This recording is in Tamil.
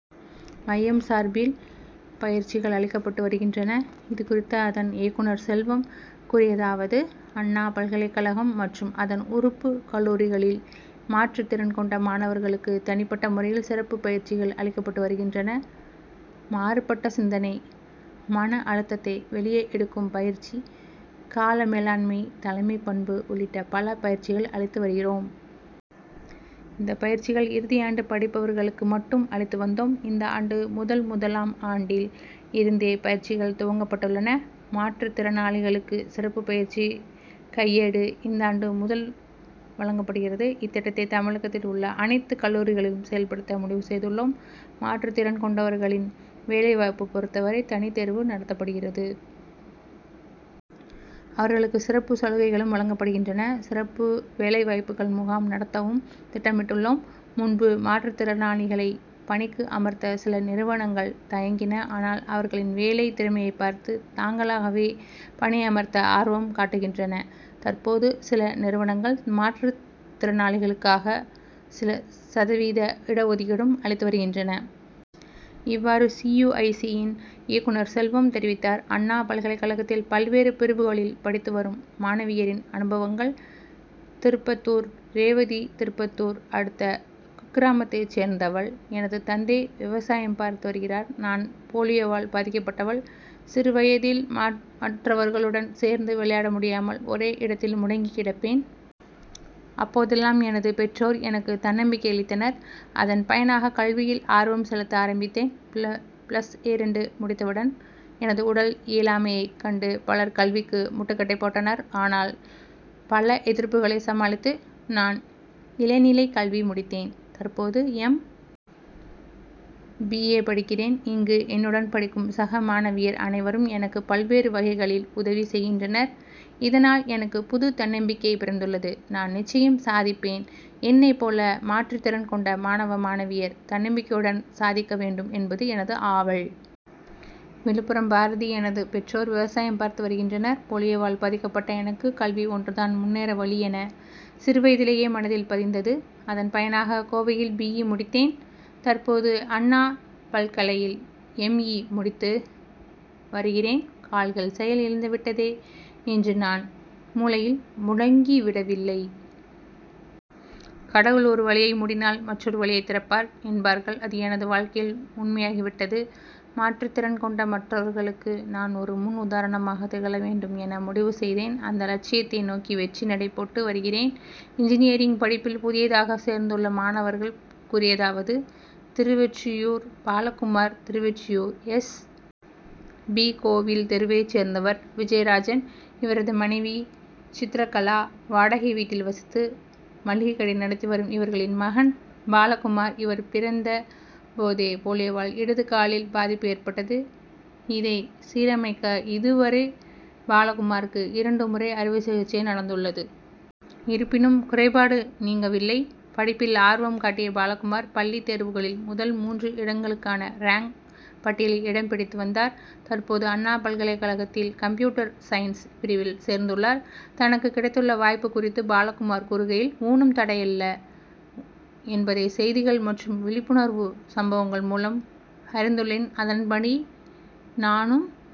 மையம் சார்பில் பயிற்சிகள் அளிக்கப்பட்டு வருகின்றன. இது குறித்த அதன் இயக்குனர் செல்வம் கூறியதாவது அண்ணா பல்கலைக் கழகம் மற்றும் அதன் உறுப்புக் கல்லூரிகளில் மாற்றுத் திறன் கொண்ட மாணவர்களுக்கு தனிப்பட்ட முறையில் சிறப்பு பயிற்சிகள் அளிக்கப்பட்டு வருகின்றன. மாறுபட்ட சிந்தனை, மன அழுத்தத்தை வெளியே எடுக்கும் பயற்சி, கால மேலாண்மை, தலைமைப் பண்பு உள்ளிட்ட பல பயிற்சிகள் அளித்து வருகிறோம். இந்த பயிற்சிகள் இறுதி ஆண்டு படிப்பவர்களுக்கு மட்டும் அளித்து வந்தோம். இந்த ஆண்டு முதல் முதலாம் ஆண்டில் இருந்தே பயிற்சிகள் துவக்கப்பட்டுள்ளன. மாற்றுத் திறனாளிகளுக்கு சிறப்பு பயற்சி கையேடு இந்தாண்டு முதல் வழங்கப்படுகிறது. இத்திட்டத்தை தமிழகத்தில் உள்ள அனைத்து கல்லூரிகளிலும் செயல்படுத்த முடிவு செய்துள்ளோம். மாற்றுத் திறன் கொண்டவர்களின் வேலை வாய்ப்பு பொறுத்தவரை தனி தேர்வு நடத்தப்படுகிறது. அவர்களுக்கு சிறப்பு சலுகைகளும் வழங்கப்படுகின்றன. சிறப்பு வேலை வாய்ப்புகள் முகாம் நடத்தவும் திட்டமிட்டுள்ளோம். முன்பு மாற்றுத் திறனாளிகளை பணிக்கு அமர்த்த சில நிறுவனங்கள் தயங்கின. ஆனால், அவர்களின் வேலை திறமையை பார்த்து தாங்களாகவே பணியமர்த்த ஆர்வம் காட்டுகின்றன. தற்போது, சில நிறுவனங்கள் மாற்றுத் திறனாளிகளுக்காக சில சதவீத இட ஒதுக்கீடும் அளித்து வருகின்றன. இவ்வாறு சி. யு. ஐ. சி., யின் இயக்குனர் செல்வம் தெரிவித்தார். அண்ணா பல்கலைக் கழகத்தில் பல்வேறு பிரிவுகளில் படித்து வரும் மாணவியரின் அனுபவங்கள் திருப்பத்தூர் ரேவதி திருப்பத்தூர் அடுத்த குக்கிராமத்தை சேர்ந்தவள். எனது தந்தை விவசாயம் பார்த்து வருகிறார். நான் போலியோவால் பாதிக்கப்பட்டவள். சிறு வயதில் மற்றவர்களுடன் சேர்ந்து விளையாட முடியாமல் ஒரே இடத்தில் முடங்கி கிடப்பேன். அப்போதெல்லாம் எனது பெற்றோர் எனக்கு தன்னம்பிக்கை அளித்தனர். அதன் பயனாக கல்வியில் ஆர்வம் செலுத்த ஆரம்பித்தேன். பிள பிளஸ் இரண்டு முடித்தவுடன், எனது உடல் இயலாமையைக் கண்டு பலர் கல்விக்கு முட்டுக்கட்டை போட்டனர். ஆனால், பல எதிர்ப்புகளை சமாளித்து நான் இளநிலை கல்வி முடித்தேன். தற்போது, எம். பி. ஏ., படிக்கிறேன். இங்கு, என்னுடன் படிக்கும் சக மாணவியர் அனைவரும் எனக்கு பல்வேறு வகைகளில் உதவி செய்கின்றனர். இதனால், எனக்கு புது தன்னம்பிக்கை பிறந்துள்ளது. நான் நிச்சயம் சாதிப்பேன். என்னைப் போல மாற்றுத் திறன் கொண்ட மாணவ, மாணவியர் தன்னம்பிக்கையுடன் சாதிக்க வேண்டும் என்பது எனது ஆவல். விழுப்புரம் பாரதி எனது பெற்றோர் விவசாயம் பார்த்து வருகின்றனர். போலியோவால் பாதிக்கப்பட்ட எனக்கு கல்வி ஒன்றுதான் முன்னேற வழி என சிறுவயதிலேயே மனதில் பதிந்தது. அதன் பயனாக கோவையில் பி. இ., முடித்தேன். தற்போது, அண்ணா பல்கலையில் எம். இ., முடித்து வருகிறேன். கால்கள் செயல் இழந்துவிட்டதே என்று நான் மூலையில் முடங்கிவிடவில்லை. கடவுள் ஒரு வழியை மூடினால் மற்றொரு வழியை திறப்பார் என்பார்கள் அது எனது வாழ்க்கையில் உண்மையாகிவிட்டது. மாற்றுத் திறன் கொண்ட மற்றவர்களுக்கு நான் ஒரு முன் உதாரணமாக திகழ வேண்டும் என முடிவு செய்தேன். அந்த லட்சியத்தை நோக்கி வெற்றி நடை போட்டு வருகிறேன். இன்ஜினியரிங் படிப்பில் புதியதாக சேர்ந்துள்ள மாணவர்கள் கூறியதாவது திருவெற்றியூர் பாலகுமார் திருவெற்றியூர், எஸ். பி.,கோவில் தெருவைச் சேர்ந்தவர் விஜயராஜன். இவரது மனைவி சித்திரகலா. வாடகை வீட்டில் வசித்து, மளிகை கடை நடத்தி வரும் இவர்களின் மகன் பாலகுமார். இவர் பிறந்த போதே போலியோவால் இடது காலில் பாதிப்பு ஏற்பட்டது. இதை சீரமைக்க இதுவரை பாலகுமாருக்கு இரண்டு முறை அறுவை சிகிச்சை நடந்துள்ளது. இருப்பினும் குறைபாடு நீங்கவில்லை. படிப்பில் ஆர்வம் காட்டிய பாலகுமார் பள்ளித் தேர்வுகளில் முதல் மூன்று இடங்களுக்கான ரேங்க் பட்டியலில் இடம் பிடித்து வந்தார். தற்போது, அண்ணா பல்கலை கழகத்தில் கம்ப்யூட்டர் சயின்ஸ் பிரிவில் சேர்ந்துள்ளார். தனக்கு கிடைத்துள்ள வாய்ப்பு குறித்து பாலகுமார் கூறுகையில், ஊனம் தடையல்ல என்பதை செய்திகள் மற்றும் விழிப்புணர்வு சம்பவங்கள் மூலம் அறிந்துள்ளேன். அதன்படி நானும்